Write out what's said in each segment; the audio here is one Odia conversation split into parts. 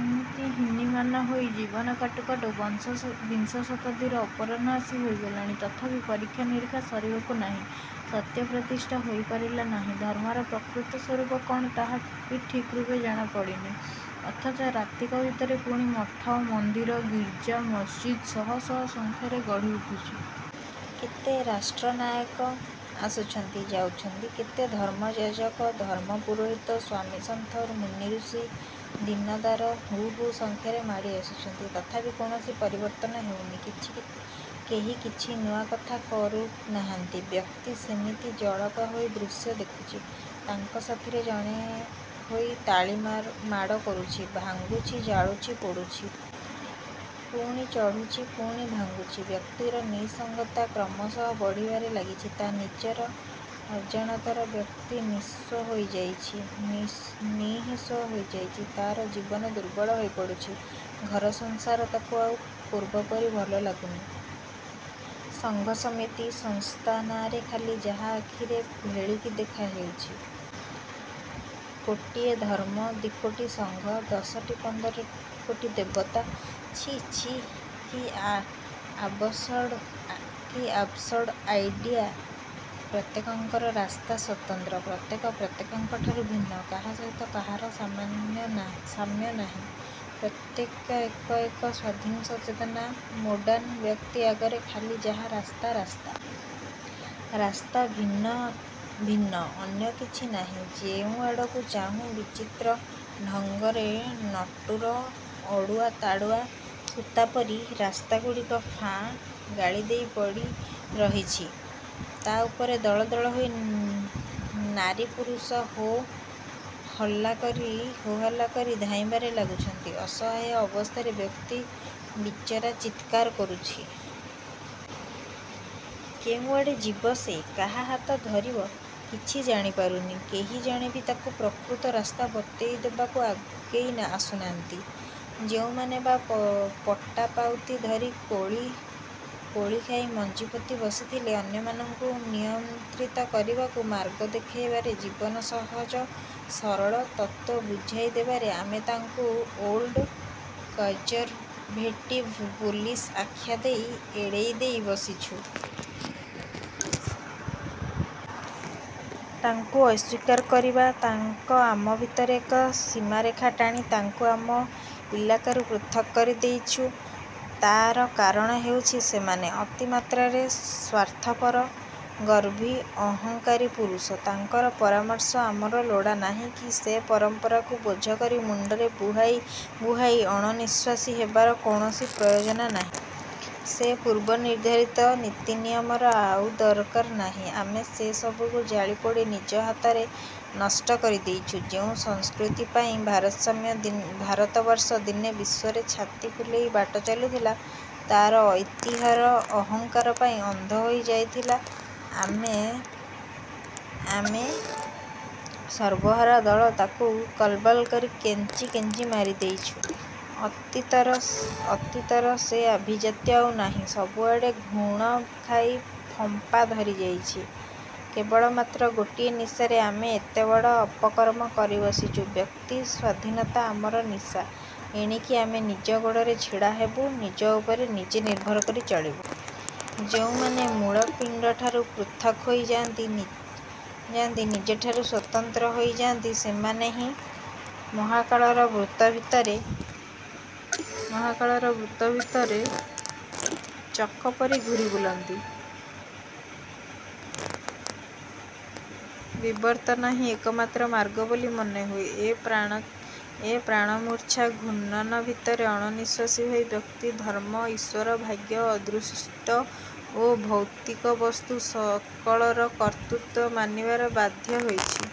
ଏମିତି ହୀନିମାନ ହୋଇ ଜୀବନ କାଟୁ କାଟୁ ବିଂଶ-ଶତାବ୍ଦୀର ଅପରାହ୍ନ ଆସି ହୋଇଗଲାଣି। ତଥାପି ପରୀକ୍ଷା ନିରୀକ୍ଷା ସରିବାକୁ ନାହିଁ। ସତ୍ୟ ପ୍ରତିଷ୍ଠା ହୋଇପାରିନାହିଁ। ଧର୍ମର ପ୍ରକୃତ ସ୍ୱରୂପ କ'ଣ ତାହା ବି ଠିକ୍ ରୂପେ ଜଣା ପଡ଼ିନି। ଅଥଚ ରାତିକ ଭିତରେ ପୁଣି ମଠ, ମନ୍ଦିର, ଗିର୍ଜା, ମସ୍ଜିଦ୍ ଶହଶହ ସଂଖ୍ୟାରେ ଗଢ଼ି ଉଠୁଛି। କେତେ ରାଷ୍ଟ୍ରନାୟକ ଆସୁଛନ୍ତି,। ଯାଉଛନ୍ତି। କେତେ ଧର୍ମଯାଜକ, ଧର୍ମ ପୁରୋହିତ, ସ୍ୱାମୀସନ୍ଥ, ମୁନିରୁଷି, ଦୀନଦାର ହୁ ହୁ ସଂଖ୍ୟାରେ ମାଡ଼ି ଆସୁଛନ୍ତି। ତଥାପି କୌଣସି ପରିବର୍ତ୍ତନ ହେଉନି। କେହି କିଛି ନୂଆ କଥା କରୁନାହାନ୍ତି। ବ୍ୟକ୍ତି ସେମିତି ଜଳକା ହୋଇ ଦୃଶ୍ୟ ଦେଖୁଛି। ତାଙ୍କ ସାଥିରେ ଜଣେ ହୋଇ ତାଳି ମାଡ଼ କରୁଛି, ଭାଙ୍ଗୁଛି, ଜାଳୁଛି, ପୋଡ଼ୁଛି। ପୁଣି ଚଢ଼ୁଛି। ପୁଣି ଭାଙ୍ଗୁଛି। ବ୍ୟକ୍ତିର ନିଃସଙ୍ଗତା କ୍ରମଶଃ ବଢ଼ିବାରେ ଲାଗିଛି ତା' ନିଜର ଅଜାଣତରେ। ବ୍ୟକ୍ତି ନିଃସ୍ୱ ହୋଇଯାଉଛି। ତା'ର ଜୀବନ ଦୁର୍ବହ ହୋଇପଡ଼ୁଛି। ଘରସଂସାର ତାକୁ ଆଉ ପୂର୍ବପରି ଭଲଲାଗୁନି। ସଂଘ ସମିତି, ସଂସ୍ଥା ନାଁରେ ଖାଲି ଯାହା ଆଖିରେ ଭେଳିକି ଦେଖା ହେଉଛି। କୋଟିଏ ଧର୍ମ, ଦିକୋଟି ସଂଘ, ଦଶ କି ପନ୍ଦର କୋଟି ଦେବତା। ଛି, ଛି, କି ଆବସର୍ଡ଼ ଆଇଡିଆ। ପ୍ରତ୍ୟେକଙ୍କର ରାସ୍ତା ସ୍ୱତନ୍ତ୍ର। ପ୍ରତ୍ୟେକ ପ୍ରତ୍ୟେକଙ୍କ ଠାରୁ ଭିନ୍ନ। କାହା ସହିତ କାହାର ସାମ୍ୟନାହିଁ। ପ୍ରତ୍ୟେକ ଏକ ଏକ ସ୍ୱାଧୀନ ସଚେତନ ମୋନାଡ୍। ବ୍ୟକ୍ତି ଆଗରେ ଖାଲି ଯାହା ରାସ୍ତା, ରାସ୍ତା। ରାସ୍ତା ଭିନ୍ନ ଅନ୍ୟ କିଛି ନାହିଁ। ଯେଉଁଆଡ଼କୁ ଚାହିଁ, ବିଚିତ୍ର ଢଙ୍ଗରେ ନଟୁର ଅଡ଼ୁଆ ତାଡ଼ୁଆ ସୂତାପରି ରାସ୍ତାଗୁଡ଼ିକ ଫାଁ ଗାଳିଦେଇ ପଡ଼ି ରହିଛନ୍ତି। ତା' ଉପରେ ଦଳ ଦଳ ହୋଇ ନାରୀପୁରୁଷ, ହୋ-ହଲ୍ଲାକରି ଧାଇଁବାରେ ଲାଗିଛନ୍ତି। ଅସହାୟ ଅବସ୍ଥାରେ ବ୍ୟକ୍ତି ବିଚରା ଚିତ୍କାର ଛାଡ଼ୁଛି। କେଉଁଆଡ଼େ ଯିବ ସେ। କାହା ହାତ ଧରିବ? କିଛି ଜାଣି ପାରୁନି। କେହି ଜଣେ ବି ତାକୁ ପ୍ରକୃତ ରାସ୍ତା ବତେଇ ଦେବାକୁ ଆଗେଇ ଆସୁନି। ଯେଉଁମାନେ ବା' ପଟାପାଉତି ଧରି କୋଳି ଖାଇ ମଞ୍ଜି ପୋତି ବସିଥିଲେ ଅନ୍ୟମାନଙ୍କୁ ନିୟନ୍ତ୍ରିତ କରିବାକୁ, ମାର୍ଗ ଦେଖାଇବାକୁ ଜୀବରେ ସହଜ ସରଳ ତତ୍ତ୍ୱ ବୁଝାଇ ଦେବାକୁ, ଆମେ ତାଙ୍କୁ ଓଲ୍ଡ କନ୍ଜରଭେଟିଭ ଫୁଲସ୍ ଆଖ୍ୟାଦେଇ ଏଡ଼େଇ ଦେଇ ବସିଛୁ। ତାଙ୍କୁ ଅସ୍ୱୀକାର କରିଛୁ। ତାଙ୍କ ଆମ ଭିତରେ ଏକ ସୀମାରେଖା ଟାଣି ତାଙ୍କୁ ଆମ ଇଲାକାରୁ ପୃଥକ୍ କରି ଦେଇଛୁ। ତା'ର କାରଣ ହେଉଛି, ସେମାନେ ଅତିମାତ୍ରାରେ ସ୍ୱାର୍ଥପର, ଗର୍ବି, ଅହଂକାରୀ ପୁରୁଷ। ତାଙ୍କର ପରାମର୍ଶ ଆମର ଲୋଡ଼ା ନାହିଁ କି ସେ ପରମ୍ପରାକୁ ବୋଝକରି ମୁଣ୍ଡରେ ବୁହାଇ ବୁହାଇ ଅଣନିଃଶ୍ୱାସୀ ହେବାର କୌଣସି ପ୍ରୟୋଜନ ନାହିଁ। ସେ ପୂର୍ବ ନିର୍ଦ୍ଧାରିତ ନୀତିନିୟମର ଆଉ ଦରକାର ନାହିଁ। ଆମେ ସେ ସବୁକୁ ଜାଳିପୋଡ଼ି ନିଜ ହାତରେ ନଷ୍ଟ କରି ଦେଇଛୁ। ଯେଉଁ ସଂସ୍କୃତି ପାଇଁ ଭାରତବର୍ଷ ଦିନେ ବିଶ୍ୱରେ ଛାତି ଫୁଲେଇ ବାଟ ଚାଲୁଥିଲା, ତା'ର ଐତିହ୍ୟର ଅହଂକାର ପାଇଁ ଅନ୍ଧ ହୋଇ ଯାଉଥିଲା, ଆମେ ସର୍ବହରା ଦଳ ତାକୁ କଲବଲ କରି କେଞ୍ଚି କେଞ୍ଚି ମାରିଦେଇଛୁ। ଅତୀତର ସେ ଆଭିଜାତ୍ୟ ଆଉ ନାହିଁ। ସବୁଆଡ଼େ ଘୁଣ ଖାଇ ଫମ୍ପା ଧରିଯାଇଛି। କେବଳ ମାତ୍ର ଗୋଟିଏ ନିଶାରେ ଆମେ ଏତେବଡ଼ ଅପକର୍ମ କରି ବସିଛୁ। ବ୍ୟକ୍ତି ସ୍ୱାଧୀନତା ଆମର ନିଶା। ଏଣିକି ଆମେ ନିଜ ଗୋଡ଼ରେ ଛିଡ଼ା ହେବୁ। ନିଜ ଉପରେ ନିଜେ ନିର୍ଭର କରି ଚଳିବୁ। ଯେଉଁମାନେ ମୂଳ ପିଣ୍ଡଠାରୁ ପୃଥକ୍ ହୋଇ ଯାଆନ୍ତି, ନିଜଠାରୁ ସ୍ୱତନ୍ତ୍ର ହୋଇ ଯାଆନ୍ତି, ସେମାନେ ହିଁ ମହାକାଳର ବୃତ୍ତ ଭିତରେ ଚକପରି ଘୂରିବୁଲନ୍ତି। ବିବର୍ତ୍ତନ ହିଁ ଏକମାତ୍ର ମାର୍ଗବୋଲି ମନେହୁଏ। ଏ ପ୍ରାଣମୂର୍ଚ୍ଛା ଘୂର୍ଣ୍ଣନ ଭିତରେ ଅଣନିଃଶ୍ୱାସୀ ହୋଇ ବ୍ୟକ୍ତି ଧର୍ମ, ଈଶ୍ୱର, ଭାଗ୍ୟ, ଅଦୃଷ୍ଟ ଓ ଭୌତିକବସ୍ତୁ ସକଳର କର୍ତ୍ତୃତ୍ୱକୁ ମାନିବାକୁ ବାଧ୍ୟ ହେଉଛି।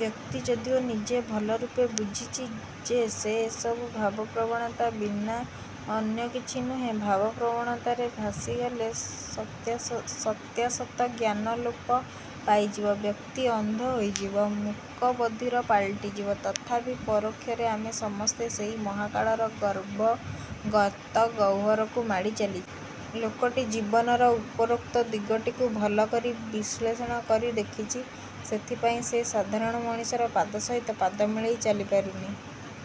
ବ୍ୟକ୍ତି ଯଦିଓ ନିଜେ ଭଲରୂପେ ବୁଝିଛି ଯେ ଏ ସବୁ ଭାବପ୍ରବଣତା ବିନା ଅନ୍ୟକିଛି ନୁହେଁ। ଭାବ ପ୍ରବଣତାରେ ଭାସିଗଲେ ସତ୍ୟାସତ୍ୟ ଜ୍ଞାନ ଲୋପ ପାଇଯିବ। ବ୍ୟକ୍ତି ଅନ୍ଧ ହୋଇଯିବ। ମୂକ ବଧିର ପାଲଟି ଯିବ। ତଥାପି ପରୋକ୍ଷରେ ଆମେ ସମସ୍ତେ ସେଇ ମହାକାଳର ଗର୍ତ୍ତ ଗହ୍ୱରକୁ ମାଡ଼ି ଚାଲିଛୁ। ଲୋକଟି ଜୀବନର ଉପରୋକ୍ତ ଦିଗଟିକୁ ଭଲ କରି ବିଶ୍ଳେଷଣ କରି ଦେଖିଛି। ସେଥିପାଇଁ ସେ ସାଧାରଣ ମଣିଷର ପାଦ ସହିତ ପାଦ ମିଳେଇ ଚାଲି ପାରୁନି।